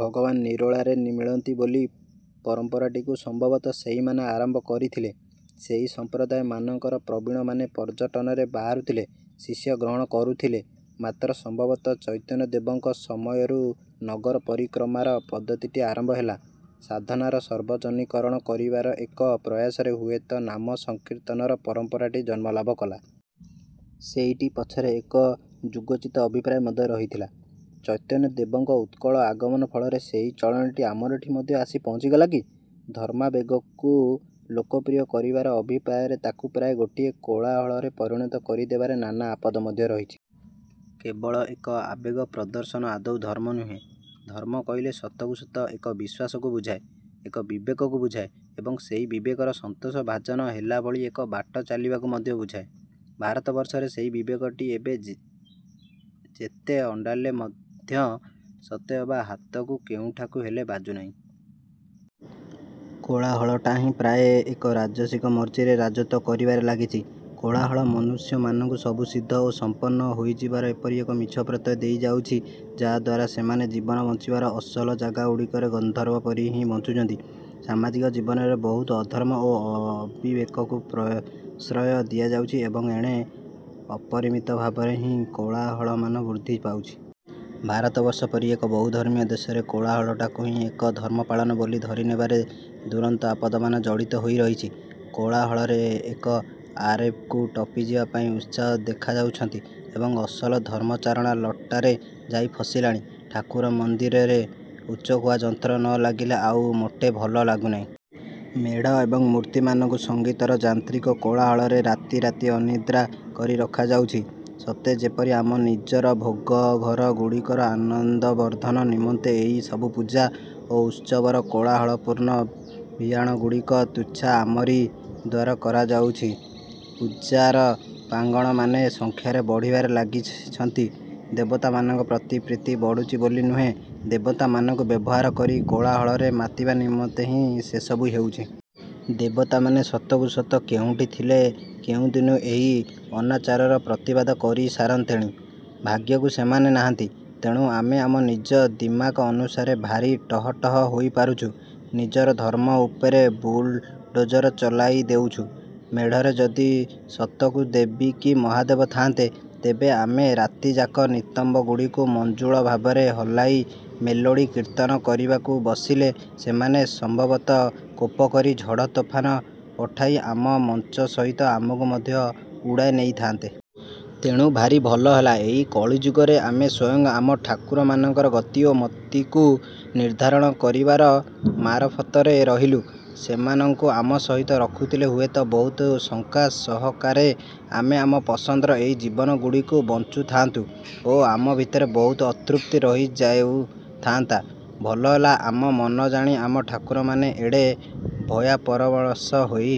ଭଗବାନ ନିରୋଳାରେ ମିଳନ୍ତି ବୋଲି ପରମ୍ପରାଟିକୁ ସମ୍ଭବତଃ ସେଇମାନେ ଆରମ୍ଭ କରିଥିଲେ। ସେହି ସମ୍ପ୍ରଦାୟମାନଙ୍କର ପ୍ରବୀଣମାନେ ପର୍ଯ୍ୟଟନରେ ବାହାରୁଥିଲେ, ଶିଷ୍ୟ ଗ୍ରହଣ କରୁଥିଲେ। ମାତ୍ର ସମ୍ଭବତଃ ଚୈତନ୍ୟଦେବଙ୍କ ସମୟରୁ ନଗର ପରିକ୍ରମାର ପଦ୍ଧତିଟି ଆରମ୍ଭ ହେଲା। ସାଧନାର ସର୍ବଜନୀକରଣ କରିବାର ଏକ ପ୍ରୟାସରେ ହୁଏତ ନାମ ସଂକୀର୍ତ୍ତନର ପରମ୍ପରାଟି ଜନ୍ମଲାଭ କଲା-। ସେଇଟି ପଛରେ ଏକ ଯୁଗୋଚିତ ଅଭିପ୍ରାୟ ମଧ୍ୟ ରହିଥିଲା। ଚୈତନ୍ୟ ଦେବଙ୍କର ଉତ୍କଳ ଆଗମନ ଫଳରେ ସେହି ଚଳଣିଟି ଆମର ଏଠି ମଧ୍ୟ ଆସି ପହଞ୍ଚିଗଲା କି? ଧର୍ମାବେଗକୁ ଲୋକପ୍ରିୟ କରିବାର ଅଭିପ୍ରାୟରେ ତାହାକୁ ପ୍ରାୟ ଗୋଟିଏ କୋଳାହଳରେ ପରିଣତ କରିଦେବାରେ ନାନା ଆପଦ ମଧ୍ୟ ରହିଛି। କେବଳ ଏକ ଆବେଗ ପ୍ରଦର୍ଶନ ଆଦୌ ଧର୍ମ ନୁହେଁ। ଧର୍ମ କହିଲେ ସତକୁ ସତ ଏକ ବିଶ୍ୱାସକୁ ବୁଝାଏ, ଏକ ବିବେକକୁ ବୁଝାଏ ଏବଂ ସେହି ବିବେକର ସନ୍ତୋଷଭାଜନ ହେଲାଭଳି ଏକ ବାଟ ଚାଲିବାକୁ ମଧ୍ୟ ବୁଝାଏ। ଭାରତବର୍ଷରେ ସେହି ବିବେକଟି ଏବେ ଯେତେ ଅଣ୍ଡାଳିଲେ ମଧ୍ୟ ସତେଅବା ହାତକୁ କେଉଁଠାକୁ ହେଲେ ବାଜୁନାହିଁ। କୋଳାହଳଟା ହିଁ ପ୍ରାୟ ଏକ ରାଜସିକ ମର୍ଜିରେ ରାଜତ୍ୱ କରିବାରେ ଲାଗିଛି। କୋଳାହଳ ମନୁଷ୍ୟମାନଙ୍କୁ ସବୁ ସିଦ୍ଧ ଓ ସଂପନ୍ନ ହୋଇଯିବାର ଏପରି ଏକ ମିଛ ପ୍ରତ୍ୟୟ ଦେଇଯାଉଛି, ଯାହାଦ୍ୱାରା ସେମାନେ ଜୀବନ ବଂଚିବାର ଅସଲ ଜାଗାଗୁଡ଼ିକରେ ଗର୍ଦ୍ଦଭ ପରି ହିଁ ବଞ୍ଚୁଛନ୍ତି। ସାମାଜିକ ଜୀବନରେ ବହୁ ଅଧର୍ମ ଓ ଅବିବେକକୁ ପ୍ରଶ୍ରୟ ଦିଆଯାଉଛି ଏବଂ ଏଣେ ଅପରିମିତ ଭାବରେ ହିଁ କୋଳାହଳମାନ ବୃଦ୍ଧି ପାଉଛି। ଭାରତବର୍ଷ ପରି ଏକ ବହୁଧର୍ମୀୟ ଦେଶରେ କୋଳାହଳଟାକୁ ହିଁ ଏକ ଧର୍ମପାଳନ ବୋଲି ଧରିନେବାରେ ଦୁରନ୍ତ ଆପଦମାନ ଜଡ଼ିତ ହୋଇ ରହିଛି। କୋଳାହଳରେ ଏକ ଆରେକୁ ଟପିଯିବା ପାଇଁ ଉତ୍ସାହ ଦେଖାଉଛନ୍ତି ଏବଂ ଅସଲ ଧର୍ମଚାରଣା ଲଟାରେ ଯାଇ ପଶିଲାଣି। ଠାକୁର ମନ୍ଦିରରେ ଉଚ୍ଚକୁହା ଯନ୍ତ୍ର ନଲାଗିଲେ ଆଉ ମୋଟେ ଭଲ ଲାଗୁନାହିଁ। ମେଢ଼ ଏବଂ ମୂର୍ତ୍ତିମାନଙ୍କୁ ସଂଗୀତର ଯାନ୍ତ୍ରିକ କୋଳାହଳରେ ରାତି ରାତି ଅନିଦ୍ରା କରି ରଖାଯାଉଛି। ସତେ ଯେପରି ଆମ ନିଜର ଭୋଗଘର ଗୁଡ଼ିକର ଆନନ୍ଦବର୍ଦ୍ଧନ ନିମନ୍ତେ ଏହିସବୁ ପୂଜା ଓ ଉତ୍ସବର କୋଳାହଳପୂର୍ଣ୍ଣ ଭିଆଣଗୁଡ଼ିକ ତୁଚ୍ଛା ଆମରି ଦ୍ଵାରା କରାହୋଇଛି। ପୂଜାର ପ୍ରାଙ୍ଗଣମାନେ ସଂଖ୍ୟାରେ ବଢ଼ିବାରେ ଲାଗିଛନ୍ତି; ଦେବତାମାନଙ୍କ ପ୍ରତି ପ୍ରୀତି ବଢୁଛି ବୋଲି ନୁହେଁ, ଦେବତାମାନଙ୍କୁ ବ୍ୟବହାର କରି କୋଳାହଳରେ ମାତିବା ନିମନ୍ତେ ହିଁ ସେସବୁ ହେଉଛି। ଦେବତାମାନେ ସତକୁ ସତ କେଉଁଠି ଥିଲେ କେଉଁଦିନୁ ଏହି ଅନାଚାରର ପ୍ରତିବାଦ କରି ସାରନ୍ତେଣି। ଭାଗ୍ୟକୁ ସେମାନେ ନାହାନ୍ତି, ତେଣୁ ଆମେ ଆମ ନିଜ ଦିମାକ ଅନୁସାରେ ଭାରି ଟହଟହ ହୋଇପାରୁଛୁ, ନିଜର ଧର୍ମ ଉପରେ ବୁଲଡୋଜର ଚଲାଇ ଦେଉଛୁ। ମେଢ଼ରେ ଯଦି ସତକୁ ଦେବୀ କି ମହାଦେବ ଥାଆନ୍ତେ, ତେବେ ଆମେ ରାତିଯାକ ନିତମ୍ବଗୁଡ଼ିକୁ ମଞ୍ଜୁଳ ଭାବରେ ହଲାଇ ମେଲୋଡ଼ି କୀର୍ତ୍ତନ କରିବାକୁ ବସିଲେ ସେମାନେ ସମ୍ଭବତଃ କୋପ କରି ଝଡ଼ତୋଫାନ ପଠାଇ ଆମ ମଚଂ ସହିତ ଆମକୁ ମଧ୍ୟ ଉଡ଼ାଇ ନେଉଥାଆନ୍ତେ। ତେଣୁ ଭାରି ଭଲ ହେଲା, ଏହି କଳିଯୁଗରେ ଆମେ ସ୍ୱୟଂ ଆମ ଠାକୁରମାନଙ୍କର ଗତି ଓ ମତିକୁ ନିର୍ଦ୍ଧାରଣ କରିବାର ମାରଫତରେ ରହିଲୁ। ସେମାନଙ୍କୁ ଆମ ସହିତ ରଖିଥଲେ ହୁଏତ ବହୁତ ଶଙ୍କା ସହକାରେ ଆମେ ଆମ ପସନ୍ଦର ଏହି ଜୀବନଗୁଡ଼ିକୁ ବଂଚୁଥାଆନ୍ତୁ ଓ ଆମ ଭିତରେ ବହୁତ ଅତୃପ୍ତି ରହିଯାଉଥାଆନ୍ତା-। ଭଲହେଲା ଆମ ମନ ଜାଣି ଆମ ଠାକୁରମାନେ ଏଡ଼େ ଦୟାପରବଶ ହୋଇ